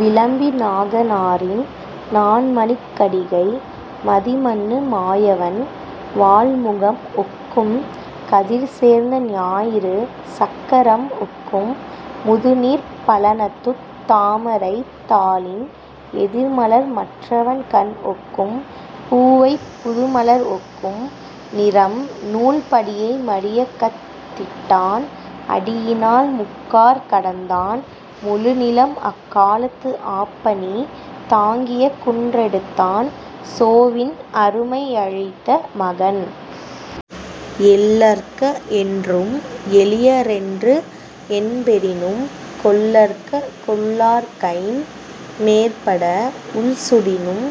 விளம்பிநாகனாரின் "நான்மணிக்கடிகை" மதிமன்னு மாயவன் வாள்முகம் ஒக்கும் கதிர்சேர்ந்த ஞாயிறு சக்கரம் ஒக்கும் முதுநீர்ப் பழனத்துத் தாமரைத் தாளின் எதிர்மலர் மற்றவன் கண்ஒக்கும் பூவைப் புதுமலர் ஒக்கும் நிறம். நூல் படியை மடியகத் திட்டான் அடியினால் முக்காற் கடந்தான் முழுநிலம் அக்காலத்து ஆப்பனி தாங்கிய குன்றெடுத்தான் சோவின் அருமை யழித்த மகன். எள்ளற்க என்றும் எளியரென்று என்பெறினும் கொள்ளற்க கொள்ளார்கைம் மேற்பட உள்சுடினும்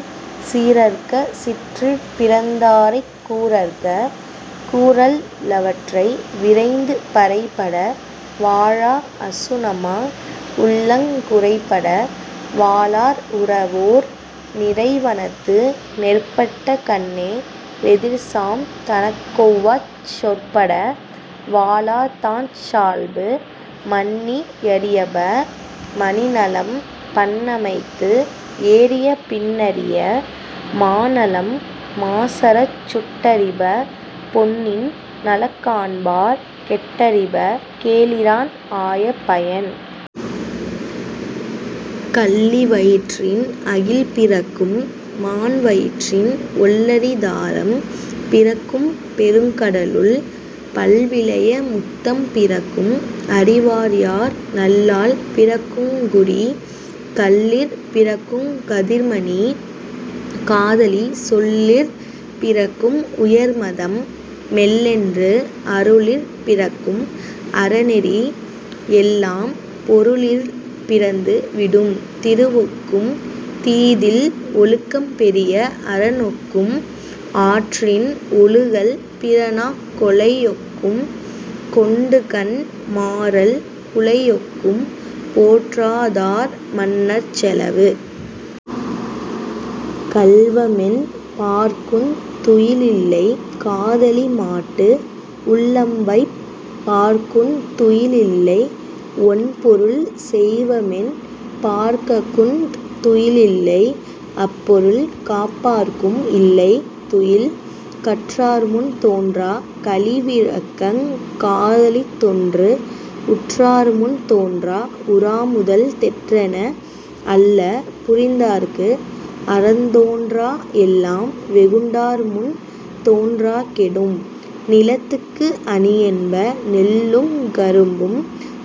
சீறற்க சிற்றிற் பிறந்தாரைக் கூறற்க கூறல் லவற்றை விரைந்து. பறைபட வாழா அசுணமா உள்ளங் குறைபட வாழார் உரவோர் நிறைவனத்து நெற்பட்ட கண்ணே வெதிர்சாம் தனக்கொவ்வாச் சொற்பட வாழாதாஞ் சால்பு. மண்ணி யறிப மணிநலம் பண்ணமைத்து ஏறிய பின்னறிப மாநலம் மாசறச் சுட்டறிப பொன்னின் நலங்காண்பார் கெட்டறிப கேளிரான் ஆய பயன். கள்ளி வயிற்றின் அகில்பிறக்கும் மான்வயிற்றின் ஒள்ளரி தாரம் பிறக்கும் பெருங்கடலுள் பல்விலைய முத்தம் பிறக்கும் அறிவார்யார் நல்லாள் பிறக்குங் குடி. கல்லிற் பிறக்குங் கதிர்மணி காதலி சொல்லிற் பிறக்கும் உயர்மதம் மெல்லென்று அருளிற் பிறக்கும் அறநெறி எல்லாம் பொருளிற் பிறந்து விடும். திருவொக்கும் தீதில் ஒழுக்கம் பெரிய அறனொக்கும் ஆற்றின் ஒழுகல் பிறானக் கொலையொக்கும் கொண்டுகண் மாறல் புலையொக்கும் போற்றாதார் மன்னர்ச் செலவு. கள்வமென் பார்க்குந் துயிலில்லை காதலிமாட்டு உள்ளம்வைப் பார்க்குந் துயிலில்லை ஒண்பொருள் செய்வமென் பார்ககுந் துயிலில்லை அப்பொருள் காப்பார்க்கும் இல்லை துயில். கற்றார்முன் தோன்றா கழிவிரக்கங் காதலித்தொன்று உற்றார்முன் தோன்றா உறாமுதல் தெற்றென அல்ல புரிந்தார்க்கு அறந்தோன்றா எல்லாம் வெகுண்டார்முன் தோன்றா கெடும். நிலத்துக்கு அணியென்ப நெல்லுங் கரும்பும்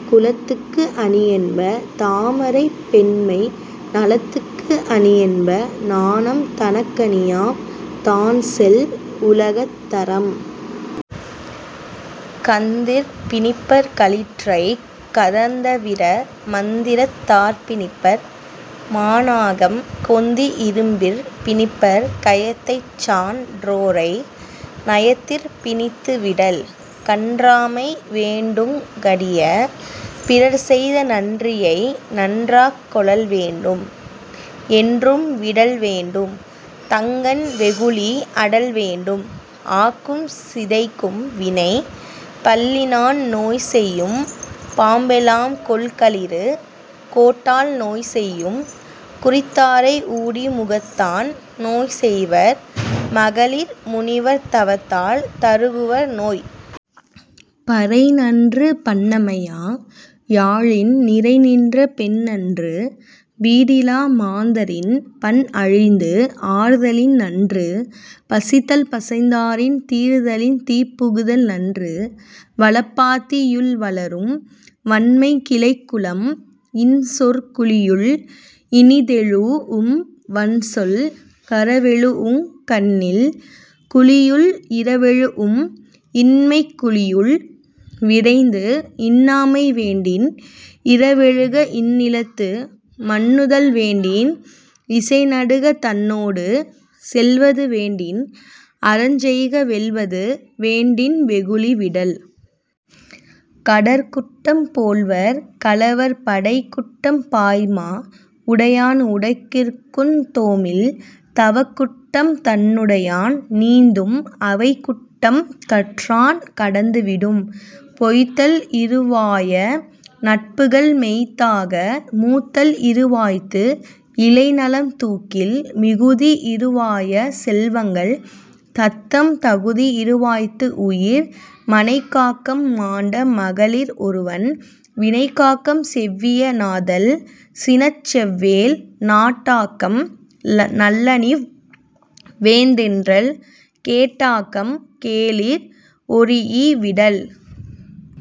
குளத்துக்கு அணியென்ப தாமரை பெண்மை நலத்துக்கு அணியென்ப நாணம் தனக்கணியாம் தான்செல் உலகத் தறம். கந்திற் பிணிப்பர் களிற்றைக் கதந்தவிர மந்திரத் தாற்பிணிப்பர் மாநாகம் கொந்தி இரும்பிற் பிணிப்பர் கயத்தைச்சான் றோரை நயத்திற் பிணித்து விடல். கன்றாமை வேண்டுங் கடிய பிறர்செய்த நன்றியை நன்றாக் கொளல்வேண்டும் என்றும் விடல்வேண்டும் தங்கண் வெகுளி அடல்வேண்டும் ஆக்கும் சிதைக்கும் வினை. பல்லினான் நோய்செய்யும் பாம்பெலாம் கொல்களிறு கோட்டால் நோய்செய்யும் குறித்தாரை ஊடி முகத்தான் நோய்செய்வர் மகளிர் முனிவர் தவத்தால் தருகுவர் நோய். பறைநன்று பண்ணமையா யாழின் நிறைநின்ற பெண்நன்று பீடிலா மாந்தரின் பண்அழிந்து ஆர்தலின்நன்று பசித்தல் பசைந்தாரின் தீர்தலின் தீப்புகுதல் நன்று. வளப்பாத்தி யுள்வளரும் வண்மை கிளைக்குழம் இன்சொற் குழியுள் இனிதெழூஉம் வன்சொல் கரவெழூஉங் கண்ணில் குழியுள் இரவெழூஉம் இன்மைக் குழியுள் விரைந்து. இன்னாமை வேண்டின் இரவெழுக இந்நிலத்து மன்னுதல் வேண்டின் இசைநடுக தன்னொடு செல்வது வேண்டின் அறஞ்செய்க வெல்வது வேண்டின் வெகுளி விடல். கடற்குட்டம் போழ்வர் கலவர் படைக்குட்டம் பாய்மா உடையான் உடைக்கிற்குந் தோமில் தவக்குட்டம் தன்னுடையான் நீந்தும் அவைக்குட்டம் கற்றான் கடந்து விடும். பொய்த்தல் இறுவாய நட்புகள் மெய்த்தாக மூத்தல் இறுவாய்த்து இளைநலம் தூக்கில் மிகுதி இறுவாய செல்வங்கள் தத்தம் தகுதி இறுவாய்த்து உயிர். மனைக்காக்கம் மாண்ட மகளிர் ஒருவன் வினைக்காக்கம் செவ்விய னாதல் சினச்செவ்வேல் நாட்டாக்கம் நல்லனிவ் வேந்தென்றல் கேட்டாக்கம் கேளிர் ஒரீஇ விடல்.